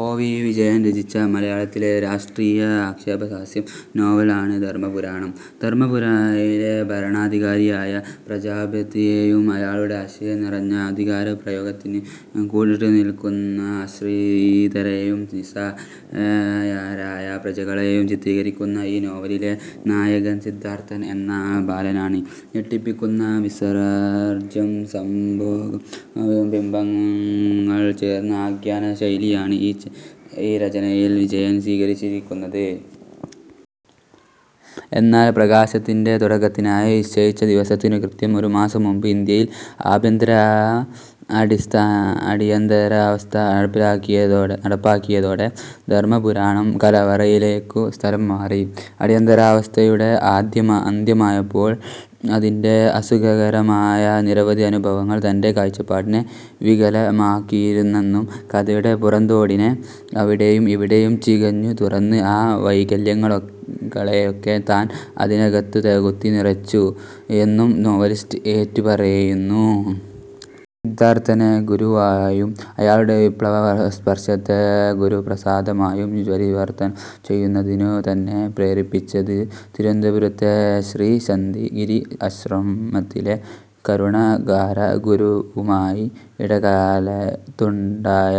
O. V. Vijayan രചിച്ച മലയാളത്തിലെ രാഷ്ട്രീയ ആക്ഷേപഹാസ്യ നോവൽ ആണ് ധർമ്മപുരാണം. ധർമ്മപുരിയിലെ ഭരണാധികാരിയായ പ്രജാപതിയെയും അയാളുടെ അശ്ലീലം നിറഞ്ഞ അധികാരപ്രയോഗത്തിന് കൂട്ടുനിൽക്കുന്ന ആശ്രിതരേയും നിസ്സഹായരായ പ്രജകളെയും ചിത്രീകരിക്കുന്ന ഈ നോവലിലെ നായകൻ സിദ്ധാർത്ഥൻ എന്ന ബാലനാണ്. ഞെട്ടിപ്പിക്കുന്ന വിസർജ്ജ്യ, സംഭോഗ ബിംബങ്ങൾ ചേർന്ന ആഖ്യാന ശൈലിയാണ് ഈ രചനയിൽ വിജയൻ സ്വീകരിച്ചിരിക്കുന്നത്. എന്നാൽ പ്രകാശനത്തിന്റെ തുടക്കത്തിനായി നിശ്ചയിച്ച ദിവസത്തിനു കൃത്യം ഒരു മാസം മുൻപ് ഇൻഡ്യയിൽ ആഭ്യന്തര അടിയന്തരാവസ്ഥ നടപ്പാക്കിയതോടെ "ധർമ്മപുരാണം, കലവറയിലേയ്ക്കു സ്ഥലം മാറി". അടിയന്തരാവസ്ഥയുടെ അന്ത്യമായപ്പോൾ, അതിന്റെ അസുഖകരമായ നിരവധി അനുഭവങ്ങൾ തന്റെ കാഴ്ചപ്പാടിനെ വികലമാക്കിയിരുന്നെന്നും, കഥയുടെ പുറംതോടിനെ അവിടെയും ഇവിടെയും ചികഞ്ഞു തുറന്ന് ആ വൈകല്യങ്ങളെയൊക്കെ താൻ അതിനകത്തു കുത്തി നിറച്ചു എന്നും നോവലിസ്റ്റ് ഏറ്റു പറയുന്നു. സിദ്ധാർത്ഥനെ ഗുരുവായും അയാളുടെ വിപ്ലവസ്പർശത്തെ ഗുരുപ്രസാദമായും പരിവർത്തനം ചെയ്യുന്നതിനു തന്നെ പ്രേരിപ്പിച്ചത്, തിരുവനന്തപുരത്തെ ശ്രീശാന്തിഗിരി ആശ്രമത്തിലെ കരുണാകരഗുരുവുമായി ഇടക്കാലത്തുണ്ടായ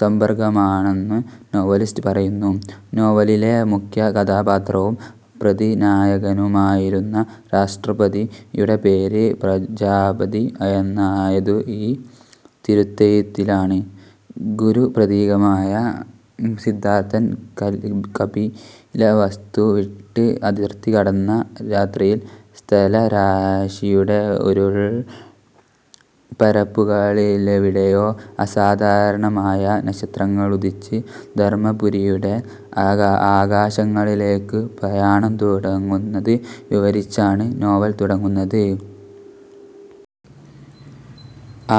സമ്പർക്കമാണെന്ന് നോവലിസ്റ്റ് പറയുന്നു. നോവലിലെ മുഖ്യകഥാപാത്രവും പ്രതിനായകനുമായിരുന്ന "രാഷ്ട്രപതി"-യുടെ പേര് "പ്രജാപതി" എന്നായതും ഈ തിരുത്തിയെഴുത്തിലാണ്. ഗുരുപ്രതീകമായ സിദ്ധാർത്ഥൻ കപിലവസ്തു വിട്ട് അതിർത്തി കടന്ന രാത്രിയിൽ, "സ്ഥലരാശിയുടെ ഇരുൾപ്പരപ്പുകളിലെവിടെയോ അസാധാരണമായ നക്ഷത്രങ്ങളുദിച്ച്" ധർമ്മപുരിയുടെ ആകാശങ്ങളിലേയ്ക്ക് പ്രയാണം തുടങ്ങുന്നത് വിവരിച്ചാണ് നോവൽ തുടങ്ങുന്നത്.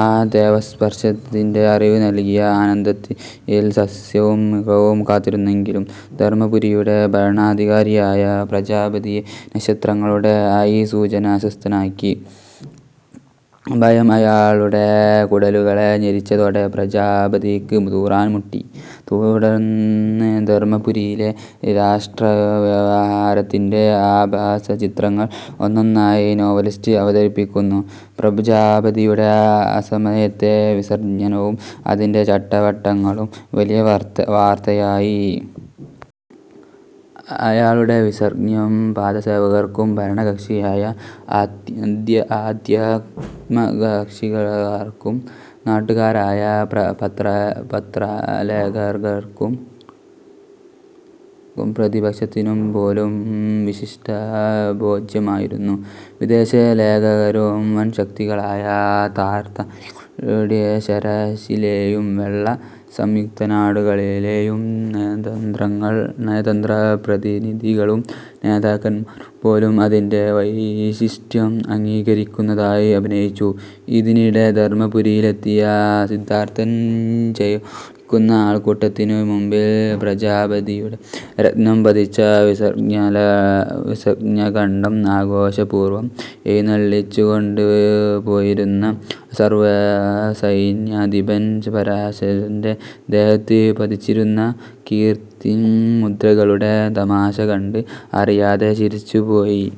ആ ദേവസ്പർശത്തിന്റെ അറിവ് നൽകിയ ആനന്ദത്തിൽ സസ്യവും മൃഗവും കാത്തിരുന്നെങ്കിലും ധർമ്മപുരിയുടെ ഭരണാധികാരിയായ പ്രജാപതിയെ നക്ഷത്രങ്ങളുടെ ഈ സൂചന അസ്വസ്ഥനാക്കി. ഭയം അയാളുടെ കുടലുകളെ ഞെരിച്ചതോടെ "പ്രജാപതിയ്ക്ക് തൂറാൻ മുട്ടി". തുടന്ന് ധർമ്മപുരിയിലെ രാഷ്ട്രവ്യവഹാരത്തിന്റെ ആഭാസചിത്രങ്ങൾ ഒന്നൊന്നായി നോവലിസ്റ്റ് അവതരിപ്പിക്കുന്നു. പ്രജാപതിയുടെ അസമയത്തെ വിസർജ്ജനവും അതിന്റെ ചട്ടവട്ടങ്ങളും വലിയ വാർത്തയായി. അയാളുടെ വിസർജ്ജ്യം പാദസേവകർക്കും, ഭരണകക്ഷിയായ ആധ്യാത്മകക്ഷിക്കാർക്കും, നാട്ടുകാരായ പത്രലേഖകർക്കും, പ്രതിപക്ഷത്തിനും പോലും വിശിഷ്ടഭോജ്യമായിരുന്നു. വിദേശലേഖകരും, വൻശക്തികളായ താർത്താരിക്കുടിയരശിലേയും വെള്ള സംയുക്തനാടുകളിലേയും നയതന്ത്രപ്രതിനിധികളും നേതാക്കന്മാരും പോലും അതിന്റെ വൈശിഷ്ട്യം അംഗീകരിക്കുന്നതായി അഭിനയിച്ചു. ഇതിനിടെ ധർമ്മപുരിയിലെത്തിയ സിദ്ധാർത്ഥൻ, ജയ്വിളിക്കുന്ന അൾകൂട്ടത്തിനു മുൻപിൽ പ്രജാപതിയുടെ രത്നം പതിച്ച വിസർജ്ജ്യഘണ്ഡം ആഘോഷപൂർവം എഴുന്നെള്ളിച്ചുകൊണ്ടുപോയിരുന്ന സർവസൈന്യാധിപൻ പരാശരന്റെ ദേഹത്ത് പതിച്ചിരുന്ന കീർത്തിമുദ്രകളുടെ തമാശ കണ്ട് അറിയാതെ ചിരിച്ചുപോയി.